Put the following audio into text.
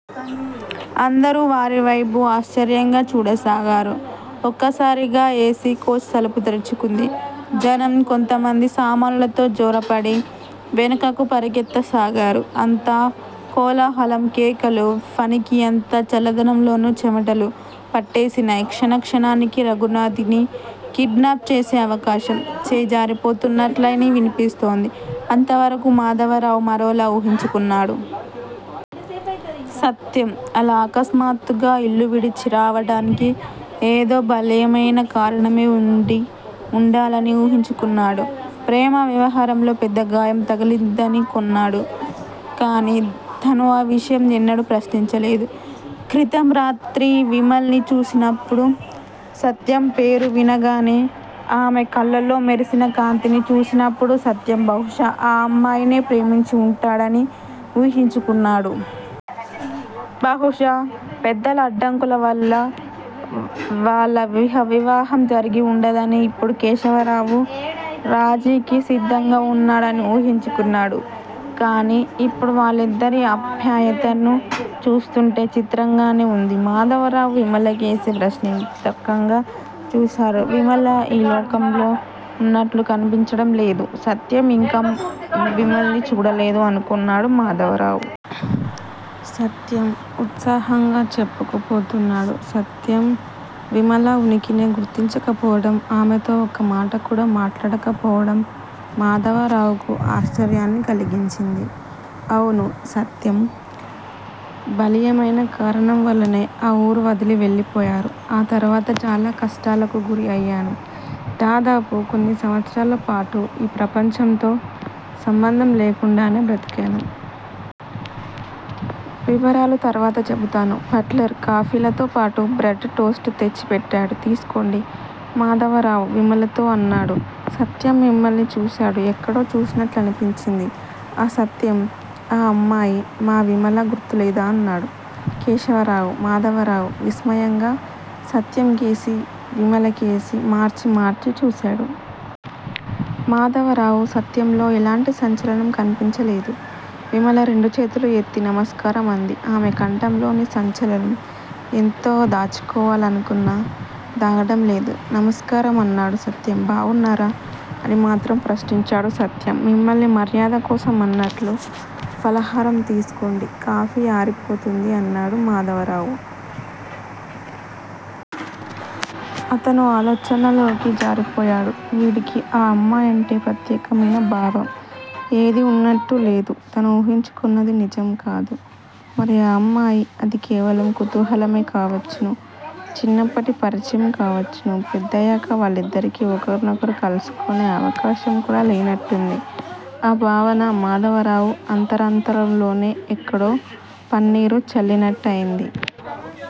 అందరూ వారివేపు ఆశ్చర్యంగా చూడసాగారు. ఒక్కసారిగా ఎ. సి. కోచ్ తలుపు తెరుచుకుంది. జనం కొంతమంది సామానులతో జొరబడి వెనుకకు పరుగెత్తసాగారు. అంతా కోలాహలం, కేకలు! ఫణికి అంత చల్లదనంలోనూ చెమటలు పట్టేసినయ్. క్షణక్షణానికీ రఘునాథ్ ని కిడ్నాప్ చేసే అవకాశం చేయిజారిపోతున్నట్లనిపిస్తూంది. అంతవరకూ మాధవరావు మరోలా ఊహించుకొన్నాడు. సత్యం అలా అకస్మాత్తుగా ఇల్లువిడిచి రావటానికి ఏదో బలీయమైన కారణమే ఉండి ఉండాలని ఊహించుకున్నాడు. ప్రేమ వ్యవహారంలో పెద్ద గాయం తగిలిందనుకొన్నాడు. కాని తను ఆ విషయం ఎన్నడూ ప్రశ్నించలేదు. క్రితంరాత్రి విమల్ని చూసినప్పుడు, సత్యం పేరు వినగానే ఆమె కళ్ళలో మెరిసిన కాంతిని చూసినప్పుడు సత్యం బహుశా ఆ అమ్మాయినే ప్రేమించి ఉంటాడని ఊహించుకొన్నాడు. బహుశా పెద్దల అడ్డంకులవల్లే వాళ్ళ వివాహం జరిగివుండదనీ, ఇప్పుడు కేశవరావు రాజీకి సిద్దంగా ఉన్నాడనీ ఊహించుకున్నాడు. కాని ఇప్పుడు వాళ్ళిద్దరి ఆప్యాయతను చూస్తుంటే చిత్రంగానే ఉంది. మాధవరావు విమలకేసి ప్రశ్నార్ధకంగా చూశాడు. విమల ఈ లోకంలో ఉన్నట్లు కనిపించడంలేదు. సత్యం ఇంకా విమల్ని చూడలేదు అనుకొన్నాడు మాధవరావు. సత్యం ఉత్సాహంగా చెప్పుకుపోతున్నాడు. సత్యం విమల ఉనికినే గుర్తించకపోవటం, ఆమెతో ఒక్కమాట కూడా మాట్లాడకపోవటం మాధవరావుకు ఆశ్చర్యాన్ని కలిగించింది. అవును సత్యం! బలీయమైన కారణం వల్లనే ఆ ఊరు వదిలి వెళ్ళిపోయాను. ఆ తర్వాత చాలా కష్టాలకు గురి అయ్యాను. దాదాపు కొన్ని సంవత్సరాలపాటు ఈ ప్రపంచంతో సంబంధం లేకుండానే బ్రతికాను. వివరాలు తర్వాత చెబుతాను. బట్లర్ కాఫీలతోపాటు బ్రడ్ టోస్ట్ తెచ్చిపెట్టాడు. తీసుకోండి. మాధవరావు విమలతో అన్నాడు. సత్యం విమల్ని చూశాడు. ఎక్కడో చూసినట్లనిపించింది. ఆఁ సత్యం! ఆ అమ్మాయి మా విమల. గుర్తులేదూ? అన్నాడు కేశవరావు. మాధవరావు విస్మయంగా సత్యంకేసీ, విమలకేసీ మార్చి మార్చి చూశాడు. మాధవరావు సత్యంలో ఎలాంటి సంచలనం కన్పించలేదు. విమల రెండు చేతులూ ఎత్తి నమస్కారం అంది. ఆమె కంఠంలోని సంచలనం ఎంత దాచుకోవాలనుకున్న దాగటం లేదు. నమస్కారం! అన్నాడు సత్యం. బాగున్నారా? అని మాత్రం ప్రశ్నించాడు సత్యం విమల్ని మర్యాదకోసం అన్నట్లు. ఫలహారం తీసుకోండి, కాఫీ ఆరిపోతుంది అన్నాడు మాధవరావు. అతను ఆలోచనల్లోకి జారిపోయాడు. వీడికి ఆ అమ్మాయంటే ప్రత్యేకమైన భావం ఏదీ ఉన్నట్టు లేదు. తను ఊహించుకొన్నది నిజం కాదు. మరి ఆ అమ్మాయి? అది కేవలం కుతూహలమే కావచ్చును. చిన్నప్పటి పరిచయం కావచ్చును. పెద్దయాక వాళ్ళిద్దరికీ ఒకర్నొకరు కలుసుకొనే అవకాశంకూడా లేనట్టుంది. ఆ భావన మాధవరావు అంతరాంతరాల్లో ఎక్కడో పన్నీరు చల్లినట్టయింది.